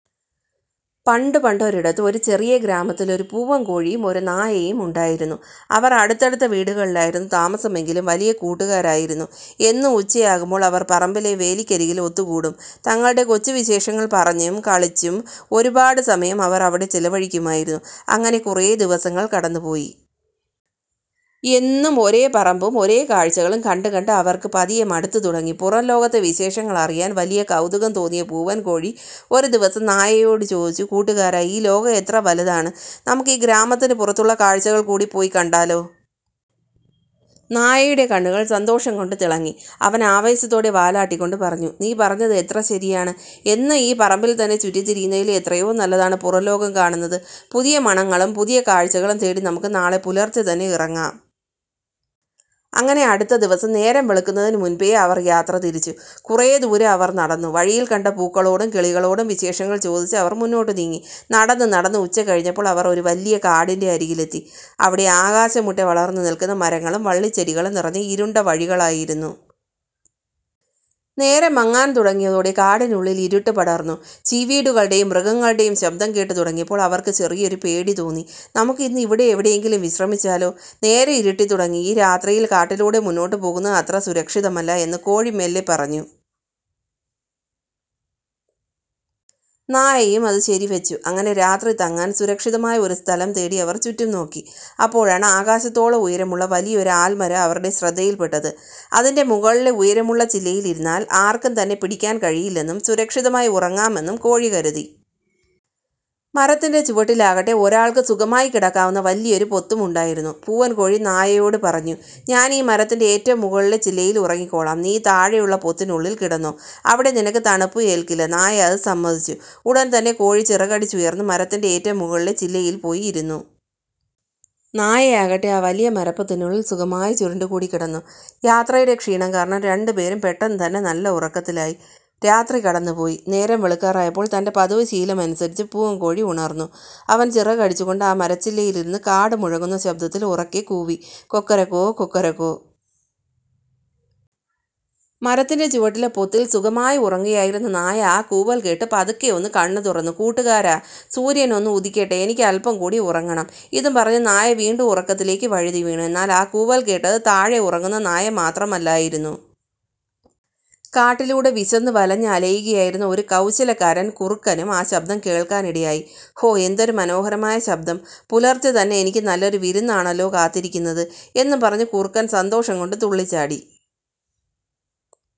പണ്ടു പണ്ടൊരിടത്ത് ഒരു ചെറിയ ഗ്രാമത്തിൽ ഒരു പൂവൻകോഴിയും ഒരു നായയും ഉണ്ടായിരുന്നു. അവർ അടുത്തടുത്ത വീടുകളിലായിരുന്നു താമസമെങ്കിലും വലിയ കൂട്ടുകാരായിരുന്നു. എന്നും ഉച്ചയാകുമ്പോൾ അവർ പറമ്പിലെ വേലിക്കരികിൽ ഒത്തുകൂടും. തങ്ങളുടെ കൊച്ചു വിശേഷങ്ങൾ പറഞ്ഞും കളിച്ചും ഒരുപാട് സമയം അവർ അവിടെ ചിലവഴിക്കുമായിരുന്നു. അങ്ങനെ കുറെ ദിവസങ്ങൾ കടന്നുപോയി. എന്നും ഒരേ പറമ്പും ഒരേ കാഴ്ചകളും കണ്ടു കണ്ട് അവർക്ക് പതിയെ മടുത്തു തുടങ്ങി. പുറംലോകത്തെ വിശേഷങ്ങൾ അറിയാൻ വലിയ കൗതുകം തോന്നിയ പൂവൻകോഴി ഒരു ദിവസം നായയോട് ചോദിച്ചു: "കൂട്ടുകാരാ, ഈ ലോകം എത്ര വലുതാണ്! നമുക്ക് ഈ ഗ്രാമത്തിന് പുറത്തുള്ള കാഴ്ചകൾ കൂടി പോയി കണ്ടാലോ? " നായയുടെ കണ്ണുകൾ സന്തോഷം കൊണ്ട് തിളങ്ങി. അവൻ ആവേശത്തോടെ വാലാട്ടിക്കൊണ്ട് പറഞ്ഞു: "നീ പറഞ്ഞത് എത്ര ശരിയാണ്! എന്നും ഈ പറമ്പിൽ തന്നെ ചുറ്റിത്തിരിയുന്നതിലും എത്രയോ നല്ലതാണ് പുറംലോകം കാണുന്നത്. പുതിയ മണങ്ങളും പുതിയ കാഴ്ചകളും തേടി നമുക്ക് നാളെ പുലർച്ചെ തന്നെ ഇറങ്ങാം! " അങ്ങനെ അടുത്ത ദിവസം നേരം വെളുക്കുന്നതിന് മുൻപേ അവർ യാത്ര തിരിച്ചു. കുറെ ദൂരം അവർ നടന്നു. വഴിയിൽ കണ്ട പൂക്കളോടും കിളികളോടും വിശേഷങ്ങൾ ചോദിച്ച് അവർ മുന്നോട്ട് നീങ്ങി. നടന്ന് നടന്ന് ഉച്ച കഴിഞ്ഞപ്പോൾ അവർ ഒരു വലിയ കാടിന്റെ അരികിലെത്തി. അവിടെ ആകാശം മുട്ടെ വളർന്നു നിൽക്കുന്ന മരങ്ങളും വള്ളിച്ചെടികളും നിറഞ്ഞ ഇരുണ്ട വഴികളായിരുന്നു. നേരം മങ്ങാൻ തുടങ്ങിയതോടെ കാടിനുള്ളിൽ ഇരുട്ട് പടർന്നു. ചീവീടുകളുടെയും മൃഗങ്ങളുടെയും ശബ്ദം കേട്ട് തുടങ്ങിയപ്പോൾ അവർക്ക് ചെറിയൊരു പേടി തോന്നി. "നമുക്ക് ഇന്ന് ഇവിടെ എവിടെയെങ്കിലും വിശ്രമിച്ചാലോ? നേരം ഇരുട്ടിത്തുടങ്ങി, ഈ രാത്രിയിൽ കാട്ടിലൂടെ മുന്നോട്ട് പോകുന്നത് അത്ര സുരക്ഷിതമല്ല," എന്ന് കോഴി മെല്ലെ പറഞ്ഞു. നായയും അത് ശരിവച്ചു. അങ്ങനെ രാത്രി തങ്ങാൻ സുരക്ഷിതമായ ഒരു സ്ഥലം തേടി അവർ ചുറ്റും നോക്കി. അപ്പോഴാണ് ആകാശത്തോളം ഉയരമുള്ള വലിയൊരു ആൽമരം അവരുടെ ശ്രദ്ധയിൽപ്പെട്ടത്. അതിന്റെ മുകളിലെ ഉയരമുള്ള ചില്ലയിൽ ഇരുന്നാൽ ആർക്കും തന്നെ പിടിക്കാൻ കഴിയില്ലെന്നും സുരക്ഷിതമായി ഉറങ്ങാമെന്നും കോഴി കരുതി. മരത്തിന്റെ ചുവട്ടിലാകട്ടെ, ഒരാൾക്ക് സുഖമായി കിടക്കാവുന്ന വലിയൊരു പൊത്തുമുണ്ടായിരുന്നു. പൂവൻകോഴി നായയോട് പറഞ്ഞു, "ഞാൻ ഈ മരത്തിന്റെ ഏറ്റവും മുകളിലെ ചില്ലയിൽ ഉറങ്ങിക്കോളാം. നീ ഈ താഴെയുള്ള പൊത്തിനുള്ളിൽ കിടന്നോ, അവിടെ നിനക്ക് തണുപ്പും ഏൽക്കില്ല. " നായ അത് സമ്മതിച്ചു. ഉടൻ തന്നെ കോഴി ചിറകടിച്ചുയർന്ന് മരത്തിന്റെ ഏറ്റവും മുകളിലെ ചില്ലയിൽ പോയി ഇരുന്നു. നായയാകട്ടെ, ആ വലിയ മരപ്പൊത്തിനുള്ളിൽ സുഖമായി ചുരുണ്ടുകൂടി കിടന്നു. യാത്രയുടെ ക്ഷീണം കാരണം രണ്ടുപേരും പെട്ടെന്നുതന്നെ നല്ല ഉറക്കത്തിലായി. രാത്രി കടന്നുപോയി. നേരം വെളുക്കാറായപ്പോൾ, തന്റെ പതിവ് ശീലമനുസരിച്ച് പൂവൻകോഴി ഉണർന്നു. അവൻ ചിറകടിച്ചു കൊണ്ട് ആ മരച്ചില്ലയിലിരുന്ന് കാട് മുഴങ്ങുന്ന ശബ്ദത്തിൽ ഉറക്കെ കൂവി: "കൊക്കരക്കോ… കൊക്കരക്കോ…! '" മരത്തിന്റെ ചുവട്ടിലെ പൊത്തിൽ സുഖമായി ഉറങ്ങുകയായിരുന്ന നായ ആ കൂവൽ കേട്ട് പതുക്കെ ഒന്നു കണ്ണ് തുറന്നു. "കൂട്ടുകാരാ, സൂര്യൻ ഒന്ന് ഉദിക്കട്ടെ, എനിക്ക് അല്പം കൂടി ഉറങ്ങണം," ഇതും പറഞ്ഞ് നായ വീണ്ടും ഉറക്കത്തിലേക്ക് വഴുതിവീണു. എന്നാൽ ആ കൂവൽ കേട്ടത് താഴെ ഉറങ്ങുന്ന നായ മാത്രമല്ലായിരുന്നു. കാട്ടിലൂടെ വിശന്നു വലഞ്ഞ് അലയുകയായിരുന്ന ഒരു കൗശലക്കാരൻ കുറുക്കനും ആ ശബ്ദം കേൾക്കാനിടയായി. 'ഹോ! എന്തൊരു മനോഹരമായ ശബ്ദം! പുലർച്ചെ തന്നെ എനിക്ക് നല്ലൊരു വിരുന്നാണല്ലോ കാത്തിരിക്കുന്നത്! ' എന്നും പറഞ്ഞ് കുറുക്കൻ സന്തോഷം കൊണ്ട് തുള്ളിച്ചാടി.